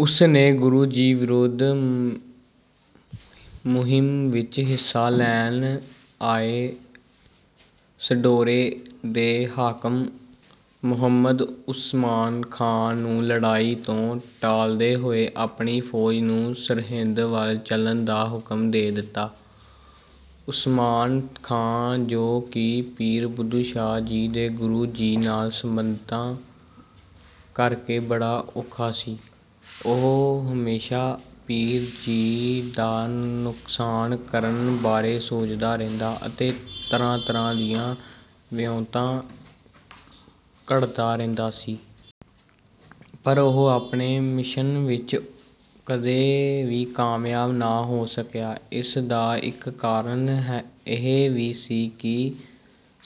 ਉਸ ਨੇ ਗੁਰੂ ਜੀ ਵਿਰੁੱਧ ਮੁਹਿੰਮ ਵਿੱਚ ਹਿੱਸਾ ਲੈਣ ਆਏ ਸਢੌਰੇ ਦੇ ਹਾਕਮ ਮੁਹੰਮਦ ਉਸਮਾਨ ਖਾਂ ਨੂੰ ਲੜਾਈ ਤੋਂ ਟਾਲਦੇ ਹੋਏ ਆਪਣੀ ਫੌਜ ਨੂੰ ਸਰਹਿੰਦ ਵੱਲ ਚੱਲਣ ਦਾ ਹੁਕਮ ਦੇ ਦਿੱਤਾ। ਉਸਮਾਨ ਖਾਂ, ਜੋ ਕਿ ਪੀਰ ਬੁੱਧੂ ਸ਼ਾਹ ਜੀ ਦੇ ਗੁਰੂ ਜੀ ਨਾਲ ਸੰਬੰਧਾਂ ਕਰਕੇ ਬੜਾ ਔਖਾ ਸੀ, ਉਹ ਹਮੇਸ਼ਾ ਪੀਰ ਜੀ ਦਾ ਨੁਕਸਾਨ ਕਰਨ ਬਾਰੇ ਸੋਚਦਾ ਰਹਿੰਦਾ ਅਤੇ ਤਰ੍ਹਾਂ-ਤਰ੍ਹਾਂ ਦੀਆਂ ਵਿਉਂਤਾਂ ਘੜਦਾ ਰਹਿੰਦਾ ਸੀ। ਪਰ ਉਹ ਆਪਣੇ ਮਿਸ਼ਨ ਵਿੱਚ ਕਦੇ ਵੀ ਕਾਮਯਾਬ ਨਾ ਹੋ ਸਕਿਆ। ਇਸ ਦਾ ਇੱਕ ਕਾਰਨ ਇਹ ਵੀ ਸੀ ਕਿ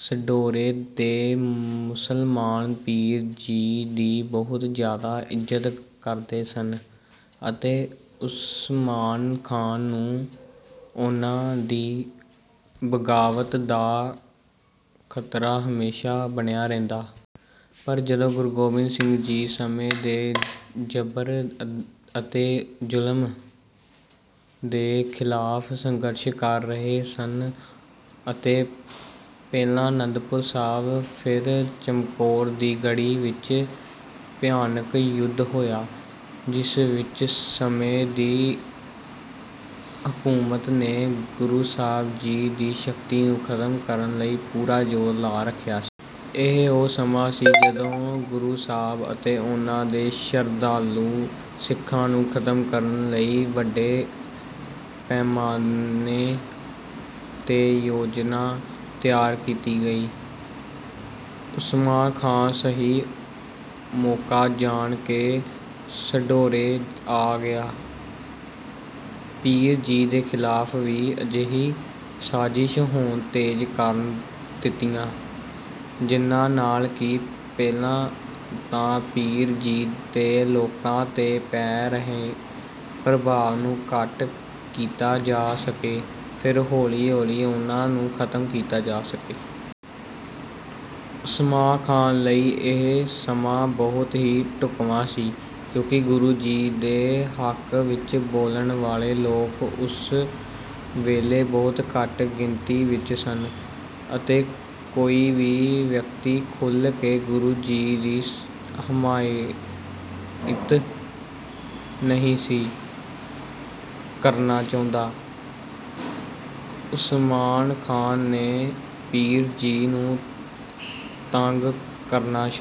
ਸਢੌਰੇ ਦੇ ਮੁਸਲਮਾਨ ਪੀਰ ਜੀ ਦੀ ਬਹੁਤ ਜ਼ਿਆਦਾ ਇੱਜ਼ਤ ਕਰਦੇ ਸਨ ਅਤੇ ਉਸਮਾਨ ਖਾਂ ਨੂੰ ਉਨ੍ਹਾਂ ਦੀ ਬਗ਼ਾਵਤ ਦਾ ਖ਼ਤਰਾ ਹਮੇਸ਼ਾ ਬਣਿਆ ਰਹਿੰਦਾ। ਪਰ ਜਦੋਂ ਗੁਰੂ ਗੋਬਿੰਦ ਸਿੰਘ ਜੀ ਸਮੇਂ ਦੇ ਜਬਰ ਅਤੇ ਜ਼ੁਲਮ ਦੇ ਖਿਲਾਫ਼ ਸੰਘਰਸ਼ ਕਰ ਰਹੇ ਸਨ ਅਤੇ ਪਹਿਲਾਂ ਆਨੰਦਪੁਰ ਸਾਹਿਬ ਫਿਰ ਚਮਕੌਰ ਦੀ ਗੜ੍ਹੀ ਵਿੱਚ ਭਿਆਨਕ ਯੁੱਧ ਹੋਇਆ, ਜਿਸ ਵਿੱਚ ਸਮੇਂ ਦੀ ਹਕੂਮਤ ਨੇ ਗੁਰੂ ਸਾਹਿਬ ਜੀ ਦੀ ਸ਼ਕਤੀ ਨੂੰ ਖਤਮ ਕਰਨ ਲਈ ਪੂਰਾ ਜ਼ੋਰ ਲਾ ਰੱਖਿਆ ਸੀ। ਇਹ ਉਹ ਸਮਾਂ ਸੀ, ਜਦੋਂ ਗੁਰੂ ਸਾਹਿਬ ਅਤੇ ਉਨ੍ਹਾਂ ਦੇ ਸ਼ਰਧਾਲੂ ਸਿੱਖਾਂ ਨੂੰ ਖਤਮ ਕਰਨ ਲਈ ਵੱਡੇ ਪੈਮਾਨੇ ਤੇ ਯੋਜਨਾ ਤਿਆਰ ਕੀਤੀ ਗਈ। ਉਸਮਾਨ ਖਾਂ ਸਹੀ ਮੌਕਾ ਜਾਣ ਕੇ ਸਢੌਰੇ ਆ ਗਿਆ ਪੀਰ ਜੀ ਦੇ ਖਿਲਾਫ਼ ਵੀ ਅਜਿਹੀਆਂ ਸਾਜ਼ਿਸ਼ਾਂ ਹੋਰ ਤੇਜ਼ ਕਰ ਦਿੱਤੀਆਂ, ਜਿਨ੍ਹਾਂ ਨਾਲ ਕਿ ਪਹਿਲਾਂ ਤਾਂ ਪੀਰ ਜੀ ਦੇ ਲੋਕਾਂ ਤੇ ਪੈ ਰਹੇ ਪ੍ਰਭਾਵ ਨੂੰ ਘੱਟ ਕੀਤਾ ਜਾ ਸਕੇ ਫਿਰ ਹੌਲੀ-ਹੌਲੀ ਉਨ੍ਹਾਂ ਨੂੰ ਖਤਮ ਕੀਤਾ ਜਾ ਸਕੇ। ਉਸਮਾਨ ਖਾਂ ਲਈ ਇਹ ਸਮਾਂ ਬਹੁਤ ਹੀ ਢੁਕਵਾਂ ਸੀ, ਕਿਉਂਕਿ ਗੁਰੂ ਜੀ ਦੇ ਹੱਕ ਵਿੱਚ ਬੋਲਣ ਵਾਲੇ ਲੋਕ ਉਸ ਵੇਲੇ ਬਹੁਤ ਘੱਟ ਗਿਣਤੀ ਵਿੱਚ ਸਨ ਅਤੇ ਕੋਈ ਵੀ ਵਿਅਕਤੀ ਖੁੱਲ੍ਹ ਕੇ ਗੁਰੂ ਜੀ ਦੀ ਹਮਾਇਤ ਨਹੀਂ ਸੀ ਕਰਨਾ ਚਾਹੁੰਦਾ। ਉਸਮਾਨ ਖਾਂ ਨੇ ਪੀਰ ਜੀ ਨੂੰ ਤੰਗ ਕਰਨਾ ਸ਼ੁਰੂ